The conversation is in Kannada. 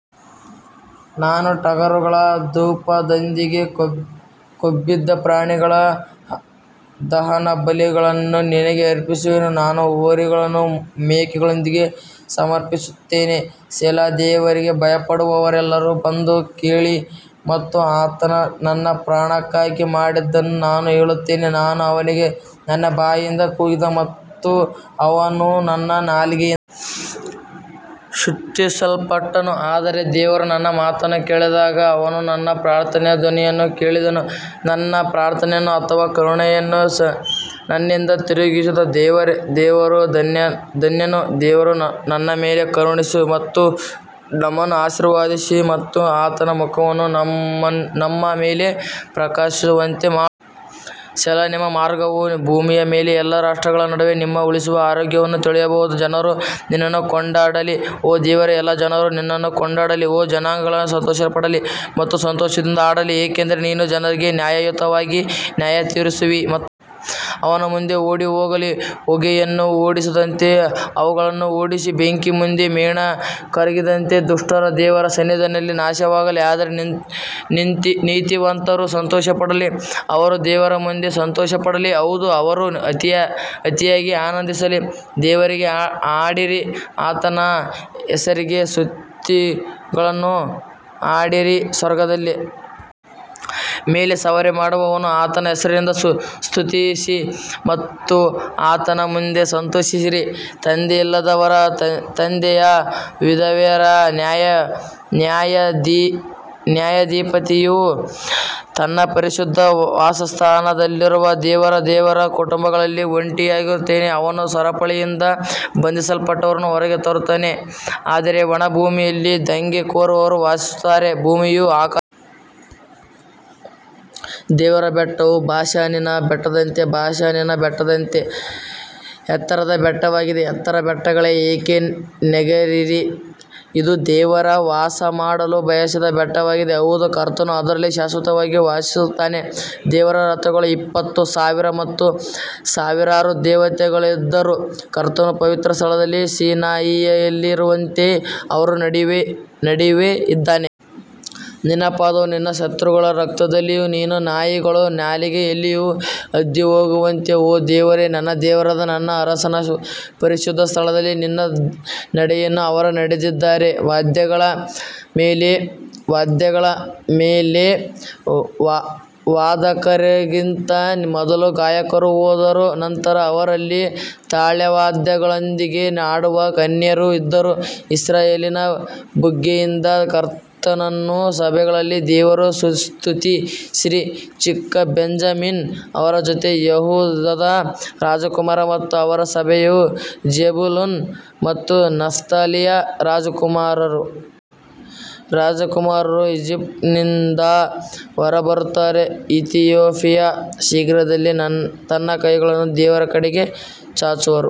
ನಾನು ಟಗರುಗಳ ಧೂಪದೊಂದಿಗೆ ಕೊಬ್ಬಿದ ಪ್ರಾಣಿಗಳ ದಹನಬಲಿಗಳನ್ನು ನಿನಗೆ ಅರ್ಪಿಸುವೆನು, ನಾನು ಹೋರಿಗಳನ್ನು ಮೇಕೆಗಳೊಂದಿಗೆ ಸಮರ್ಪಿಸುತ್ತೇನೆ ಸೆಲಾ ದೇವರಿಗೆ ಭಯಪಡುವವರೆಲ್ಲರೂ ಬಂದು ಕೇಳಿ ಮತ್ತು ಆತನ ನನ್ನ ಪ್ರಾಣಕ್ಕಾಗಿ ಮಾಡಿದ್ದನ್ನು ನಾನು ಹೇಳುತ್ತೇನೆ ನಾನು ಅವನಿಗೆ ನನ್ನ ಬಾಯಿಯಿಂದ ಕೂಗಿದೆ ಮತ್ತು ಅವನು ನನ್ನ ನಾಲಿಗೆ ಶುತಿಸಲ್ಪಟ್ಟನು ಆದರೆ ದೇವರು ನನ್ನ ಮಾತನ್ನು ಕೇಳಿದಾಗ ಅವನು ನನ್ನ ಪ್ರಾರ್ಥನೆಯ ಧ್ವನಿಯನ್ನು ಕೇಳಿದನು ನನ್ನ ಪ್ರಾರ್ಥನೆಯನ್ನು ಅಥವಾ ಕರುಣೆಯನ್ನು ನನ್ನಿಂದ ತಿರುಗಿಸದ ದೇವರೆ ದೇವರು ಧನ್ಯ ಧನ್ಯನು ದೇವರು ನಮ್ಮ ಮೇಲೆ ಕರುಣಿಸು ಮತ್ತು ನಮ್ಮನ್ನು ಆಶೀರ್ವದಿಸಿ ಮತ್ತು ಆತನ ಮುಖವನ್ನು ನಮ್ಮ ಮೇಲೆ ಪ್ರಕಾಶಿಸುವಂತೆ ಮಾ ಸೆಲಾ ನಿಮ್ಮ ಮಾರ್ಗವು ಭೂಮಿಯ ಮೇಲೆ ಎಲ್ಲಾ ರಾಷ್ಟ್ರಗಳ ನಡುವೆ ನಿಮ್ಮ ಉಳಿಸುವ ಆರೋಗ್ಯವನ್ನು ತಿಳಿಯಬಹುದು ಜನರು ನಿನ್ನನ್ನು ಕೊಂಡಾಡಲಿ ಓ ದೇವರೇ ಎಲ್ಲಾ ಜನರು ನಿನ್ನನ್ನು ಕೊಂಡಾಡಲಿ ಓ ಜನಾಂಗಗಳು ಸಂತೋಷಪಡಲಿ ಮತ್ತು ಸಂತೋಷದಿಂದ ಹಾಡಲಿ, ಏಕೆಂದರೆ ನೀನು ಜನರಿಗೆ ನ್ಯಾಯಯುತವಾಗಿ ನ್ಯಾಯತೀರಿಸುವಿರಿ ಮ ಅವನ ಮುಂದೆ ಓಡಿಹೋಗಲಿ ಹೊಗೆಯನ್ನು ಓಡಿಸಿದಂತೆ ಅವುಗಳನ್ನು ಓಡಿಸಿ ಬೆಂಕಿಯ ಮುಂದೆ ಮೇಣ ಕರಗಿದಂತೆ ದುಷ್ಟರು ದೇವರ ಸನ್ನಿಧಿಯಲ್ಲಿ ನಾಶವಾಗಲಿ ಆದರೆ ನೀತಿವಂತರು ಸಂತೋಷಪಡಲಿ ಅವರು ದೇವರ ಮುಂದೆ ಸಂತೋಷಪಡಲಿ, ಹೌದು ಅವರು ಅತಿಯಾಗಿ ಆನಂದಿಸಲಿ ದೇವರಿಗೆ ಹಾಡಿರಿ, ಆತನ ಹೆಸರಿಗೆ ಸ್ತುತಿಗಳನ್ನು ಹಾಡಿರಿ, ಸ್ವರ್ಗದ ಮೇಲೆ ಸವಾರಿ ಮಾಡುವವನನ್ನು ಆತನ ಹೆಸರಿನಿಂದ ಸ್ತುತಿಸಿ ಮತ್ತು ಆತನ ಮುಂದೆ ಸಂತೋಷಿಸಿರಿ ತಂದೆಯಿಲ್ಲದವರ ತಂದೆಯೂ ವಿಧವೆಯರ ನ್ಯಾಯಾಧಿಪತಿಯೂ ತನ್ನ ಪರಿಶುದ್ಧ ವಾಸಸ್ಥಾನದಲ್ಲಿರುವ ದೇವರು ದೇವರು ಕುಟುಂಬಗಳಲ್ಲಿ ಒಂಟಿಯಾಗಿರುತ್ತಾನೆ, ಅವನು ಸರಪಳಿಯಿಂದ ಬಂಧಿಸಲ್ಪಟ್ಟವರನ್ನು ಹೊರಗೆ ತರುತ್ತಾನೆ ಆದರೆ ಒಣ ಭೂಮಿಯಲ್ಲಿ ದಂಗೆಕೋರರು ವಾಸಿಸುತ್ತಾರೆ ಭೂಮಿಯು ಆಕಾಶವನ್ನು ದೇವರ ಬೆಟ್ಟವು ಬಾಷಾನಿನ ಬೆಟ್ಟದಂತೆ ಬಾಷಾನಿನ ಬೆಟ್ಟದಂತೆ ಎತ್ತರದ ಬೆಟ್ಟವಾಗಿದೆ ಎತ್ತರದ ಬೆಟ್ಟಗಳೇ ಏಕೆ ನೆಗೆಯಿರಿ ಇದು ದೇವರು ವಾಸಮಾಡಲು ಬಯಸಿದ ಬೆಟ್ಟವಾಗಿದೆ ಹೌದು ಕರ್ತನು ಅದರಲ್ಲಿ ಶಾಶ್ವತವಾಗಿ ವಾಸಿಸುತ್ತಾನೆ ದೇವರ ರಥಗಳು ಇಪ್ಪತ್ತು ಸಾವಿರ ಮತ್ತು ಸಾವಿರಾರು ದೇವತೆಗಳಿದ್ದರೂ ಕರ್ತನು ಪವಿತ್ರ ಸ್ಥಳದಲ್ಲಿ ಸೀನಾಯಿಯಲ್ಲಿರುವಂತೆ ಅವರ ನಡುವೆ ನಡುವೆ ಇದ್ದಾನೆ. ನಿನ್ನ ಪಾದವು ನಿನ್ನ ಶತ್ರುಗಳ ರಕ್ತದಲ್ಲಿಯೂ ನಿನ್ನ ನಾಯಿಗಳ ನಾಲಿಗೆಯಲ್ಲಿಯೂ ಅದ್ದಿಹೋಗುವಂತೆ ಓ ದೇವರೇ, ನನ್ನ ದೇವರಾದ ನನ್ನ ಅರಸನ ಪರಿಶುದ್ಧ ಸ್ಥಳದಲ್ಲಿ ನಿನ್ನ ನಡೆಯನ್ನು ಅವರು ನೋಡಿದ್ದಾರೆ ವಾದ್ಯಗಳ ಮೇಲೆ ವಾದಕರಿಗಿಂತ ಮೊದಲು ಗಾಯಕರು ಹೋದರು, ನಂತರ ಅವರಲ್ಲಿ ತಾಳವಾದ್ಯಗಳೊಂದಿಗೆ ಆಡುವ ಕನ್ಯೆಯರು ಇದ್ದರು ಇಸ್ರಾಯೇಲಿನ ಬುಗ್ಗೆಯಿಂದ ಕರ್ತನನ್ನೂ ಸಭೆಗಳಲ್ಲಿ ದೇವರನ್ನು ಸ್ತುತಿಸಿರಿ ಚಿಕ್ಕ ಬೆಂಜಮಿನ್ ಅವರ ಜೊತೆ ಯೆಹೂದದ ರಾಜಕುಮಾರರು ಮತ್ತು ಅವರ ಸಭೆಯು ಜೆಬುಲೂನ್ ಮತ್ತು ನಫ್ತಾಲಿಯ ರಾಜಕುಮಾರರು. ರಾಜಕುಮಾರರು ಈಜಿಪ್ಟ್ನಿಂದ ಹೊರಬರುತ್ತಾರೆ ಇಥಿಯೋಪಿಯಾ ಶೀಘ್ರದಲ್ಲೇ ತನ್ನ ಕೈಗಳನ್ನು ದೇವರ ಕಡೆಗೆ ಚಾಚುವರು.